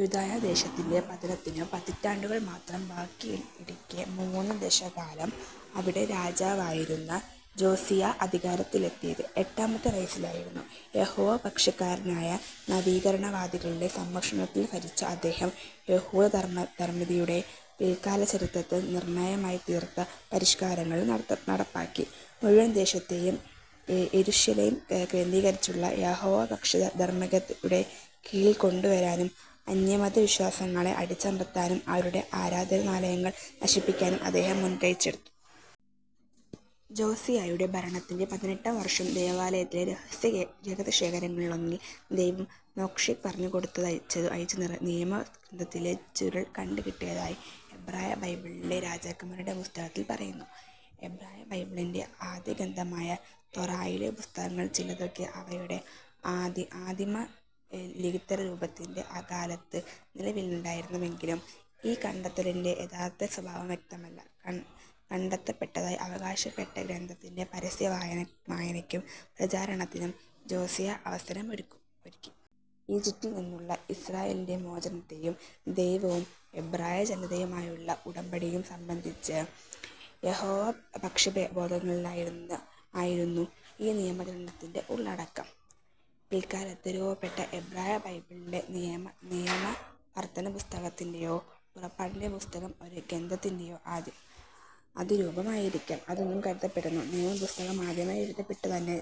യൂദയാ ദേശത്തിന്റെ പതനത്തിനു പതിറ്റാണ്ടുകൾ മാത്രം ബാക്കിയിരിക്കെ മൂന്നു ദശകക്കാലം അവിടെ രാജാവായിരുന്ന ജോസിയാ അധികാരത്തിലെത്തിയത് എട്ടാമത്തെ വയസ്സിലായിരുന്നു. യഹോവപക്ഷക്കാരായ നവീകരണവാദികളുടെ സംരക്ഷണത്തിൽ ഭരിച്ച അദ്ദേഹം യഹൂദധാർമ്മികതയുടെ പിൽക്കാലചരിത്രത്തിൽ നിർണ്ണായകമായിത്തീർന്ന പരിഷ്കാരങ്ങൾ നടപ്പാക്കി. മുഴുവൻ ദേശത്തേയും യെരുശലേം കേന്ദ്രീകരിച്ചുള്ള യഹോവാപക്ഷ ധാർമ്മികതയുടെ കീഴിൽ കൊണ്ടുവരാനും അന്യമതവിശ്വാസങ്ങളെ അടിച്ചമർത്താനും അവരുടെ ആരാധനാലയങ്ങൾ നശിപ്പിക്കാനും അദ്ദേഹം മുൻകൈയ്യെടുത്തു. ജോസിയായുടെ ഭരണത്തിന്റെ പതിനെട്ടാം വർഷം ദേവാലയത്തിലെ രഹസ്യശേഖരങ്ങളിലൊന്നിൽ, ദൈവം മോശെക്ക് പറഞ്ഞുകൊടുത്തെഴുതിച്ച നിയമഗ്രന്ഥത്തിന്റെ ചുരുൾ കണ്ടുകിട്ടിയതായി എബ്രായബൈബിളിലെ രാജാക്കന്മാരുടെ പുസ്തകത്തിൽ പറയുന്നു. എബ്രായബൈബിളിന്റെ ആദ്യഖണ്ഡമായ തോറയിലെ പുസ്തകങ്ങളിൽ ചിലതൊക്കെ അവയുടെ ആദിമലിഖിതരൂപത്തിൽ അക്കാലത്തു നിലവിലുണ്ടായിരുന്നിരിക്കാമെങ്കിലും ഈ 'കണ്ടെത്തലിന്റെ' യഥാർത്ഥസ്വഭാവം വ്യക്തമല്ല. കണ്ടെത്തപ്പെട്ടതായി അവകാശപ്പെട്ട ഗ്രന്ഥത്തിന്റെ പരസ്യവായനക്കും പ്രചാരണത്തിനും ജോസിയാ അവസരമൊരുക്കി. ഈജിപ്തിൽ നിന്നുള്ള ഇസ്രായേലിന്റെ മോചനത്തേയും ദൈവവും എബ്രായജനതയുമായുള്ള ഉടമ്പടിയേയും സംബന്ധിച്ച യഹോവപക്ഷബോദ്ധ്യങ്ങളായിരുന്നു ഈ നിയമഗ്രന്ഥത്തിന്റെ ഉള്ളടക്കം. പിൽക്കാലത്ത് രൂപപ്പെട്ട എബ്രായബൈബിളിലെ നിയമാവർത്തനപ്പുസ്തകത്തിന്റേയോ, പുറപ്പാടിന്റെ പുസ്തകം ഒരു ഖണ്ഡത്തിന്റേയോ ആദിരൂപം ആയിരിക്കാം അതെന്നു കരുതപ്പെടുന്നു. നിയമപുസ്തകം ആദ്യമായി എഴുതപ്പെട്ടതുതന്നെ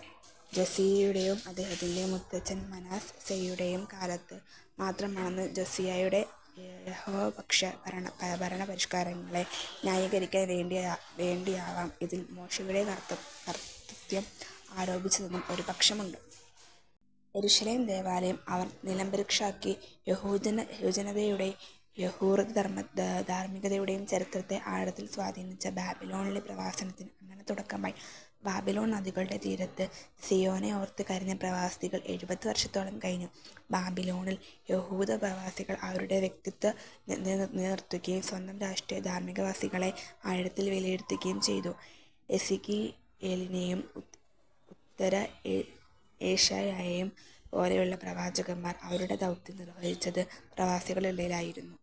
ജോസിയായുടെയോ അദ്ദേഹത്തിന്റെ മുത്തച്ഛൻ മനാസ്സേയുടേയോ കാലത്തു മാത്രമാണെന്നും ജോസിയായുടെ യഹോവപക്ഷ ഭരണപരിഷ്കാരങ്ങളെ ന്യായീകരിക്കാൻ വേണ്ടിയാവാം ഇതിൽ മോശയുടെ കർതൃത്വം ആരോപിച്ചതെന്നും ഒരു പക്ഷമുണ്ട്. യെരുശലേം ദേവാലയം അവർ നിലംപരിശാക്കി. യഹൂദജനതയുടേയും യഹൂദധാർമ്മികതയുടേയും ചരിത്രത്തെ ആഴത്തിൽ സ്വാധീനിച്ച ബാബിലോണിലെ പ്രവാസത്തിന് അങ്ങനെ തുടക്കമായി. "ബാബിലോൺ നദികളുടെ തീരത്ത് സിയോനെയോർത്തു കരഞ്ഞ്" പ്രവാസികൾ എഴുപതു വർഷത്തോളം കഴിഞ്ഞു. ബാബിലോണിൽ യഹൂദപ്രവാസികൾ അവരുടെ വ്യതിരിക്തത നിലനിർത്തുകയും സ്വന്തം രാഷ്ട്രീയ-ധാർമ്മികാവസ്ഥകളെ ആഴത്തിൽ വിലയിരുത്തുകയും ചെയ്തു. എസെക്കിയേലിനേയും ഉത്തര-ഏശയ്യായേയും പോലുള്ള പ്രവാചകന്മാർ അവരുടെ ദൗത്യം നിർവഹിച്ചത് പ്രവാസികൾക്കിടയിലായിരുന്നു.